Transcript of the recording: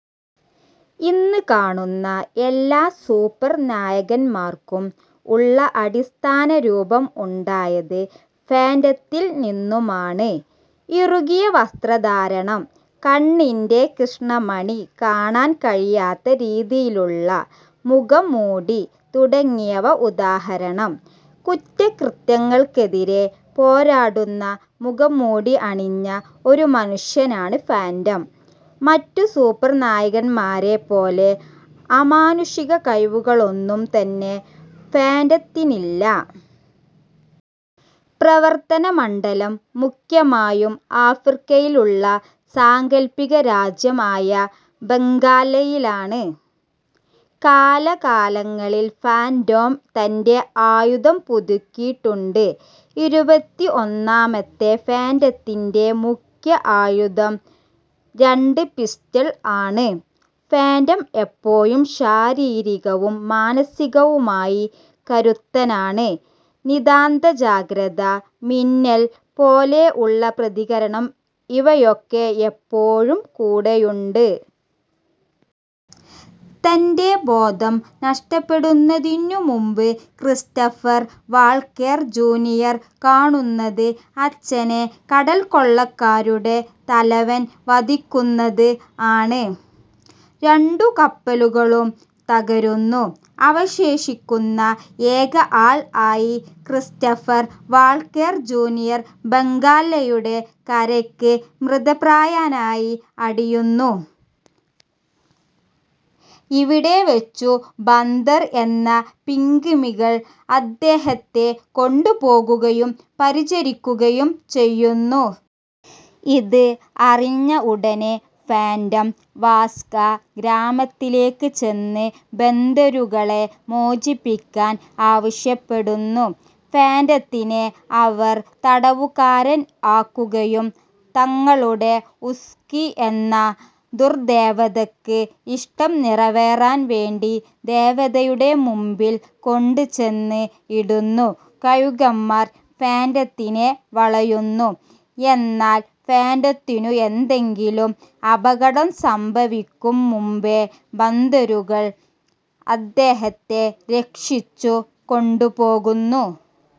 ഇന്ന് കാണുന്ന എല്ലാ സൂപ്പർ നായകൻമാർക്കും ഉള്ള അടിസ്ഥാന രൂപം ഉണ്ടായത് ഫാന്റത്തിൽ നിന്നുമാണ്. ഇറുകിയ വസ്ത്രധാരണം, കണ്ണിന്റെ കൃഷ്ണമണി കാണാൻ കഴിയാത്ത രീതിയിലുള്ള മുഖംമൂടി തുടങ്ങിയവ ഉദാഹരണം. കുറ്റകൃത്യങ്ങൾക്കെതിരെ പോരാടുന്ന മുഖംമൂടി അണിഞ്ഞ ഒരു മനുഷ്യനാണ് ഫാന്റം. മറ്റു സൂപ്പർ നായകന്മാരെ പോലെ അമാനുഷിക കഴിവുകളൊന്നും തന്നെ ഫാന്റത്തിനില്ല. പ്രവർത്തന മണ്ഡലം മുഖ്യമായും ആഫ്രിക്കയിൽ ഉള്ള സാങ്കല്പിക രാജ്യം ആയ ബംഗാല്ലയിൽ ആണ്. കാല കാലങ്ങളിൽ ഫന്റോം തന്റെ ആയുധം പുതുക്കിയിടുണ്ട് ഇരുപത്തി ഒന്നാമത്തെ ഫാന്റത്തിന്റെ മുഖ്യ ആയുധം രണ്ട് പിസ്റ്റൾ ആണ്. ഫാന്റം എപ്പോഴും ശാരീരികവും മാനസികവുമായി കരുത്തനാണ്, നിദാന്ത ജാഗ്രത, മിന്നൽ പോലെ ഉള്ള പ്രതികരണം ഇവയൊക്കെ എപ്പോഴും കൂടെയുണ്ട്. തന്റെ ബോധം നഷ്ടപ്പെടുന്നതിനു മുൻപ് ക്രിസ്റ്റഫർ വാൾകേർ ജൂനിയർ കാണുന്നത് അച്ഛനെ കടൽക്കൊള്ളക്കാരുടെ തലവൻ വധിക്കുന്നത് ആണ്. രണ്ടു കപ്പലുകളും തകരുന്നു, അവശേഷിക്കുന്ന ഏക ആൾ ആയി ക്രിസ്റ്റഫർ വാൾകേർ ജൂനിയർ ബംഗാല്ലയുടെ കരയ്ക്ക് മൃതപ്രായനായി അടിയുന്നു. ഇവിടെ വെച്ചു ബന്ദർ എന്ന പിഗ്മികൾ അദ്ദേഹത്തെ കൊണ്ട് പോകുകയും പരിചരികുകയും ചെയ്യുന്നു. ഇത് അറിഞ്ഞ ഉടനെ ഫാന്റം വാസ്ക ഗ്രാമത്തിലേക് ചെന്ന് ബന്ദരുകളെ മോചിപ്പിക്കാൻ ആവശ്യപ്പെടുന്നു. ഫാന്റത്തിനെ അവർ തടവുകാരൻ ആക്കുകയും തങ്ങളുടെ ഉസുകി എന്ന ദുർദേവതക്ക് ഇഷ്ടം നിറവേറാൻ വേണ്ടി ദേവതയുടെ മുൻപിൽ കൊണ്ട് ചെന്ന് ഇടുന്നു, കഴുകന്മാർ ഫാന്റത്തിനെ വളയുന്നു എന്നാൽ ഫാന്റത്തിനു എന്തെകിലും അപകടം സംഭവിക്കും മുൻപേ ബന്ദരുകൾ അദ്ദേഹത്തെ രക്ഷിച്ചു കൊണ്ട് പോകുന്നു.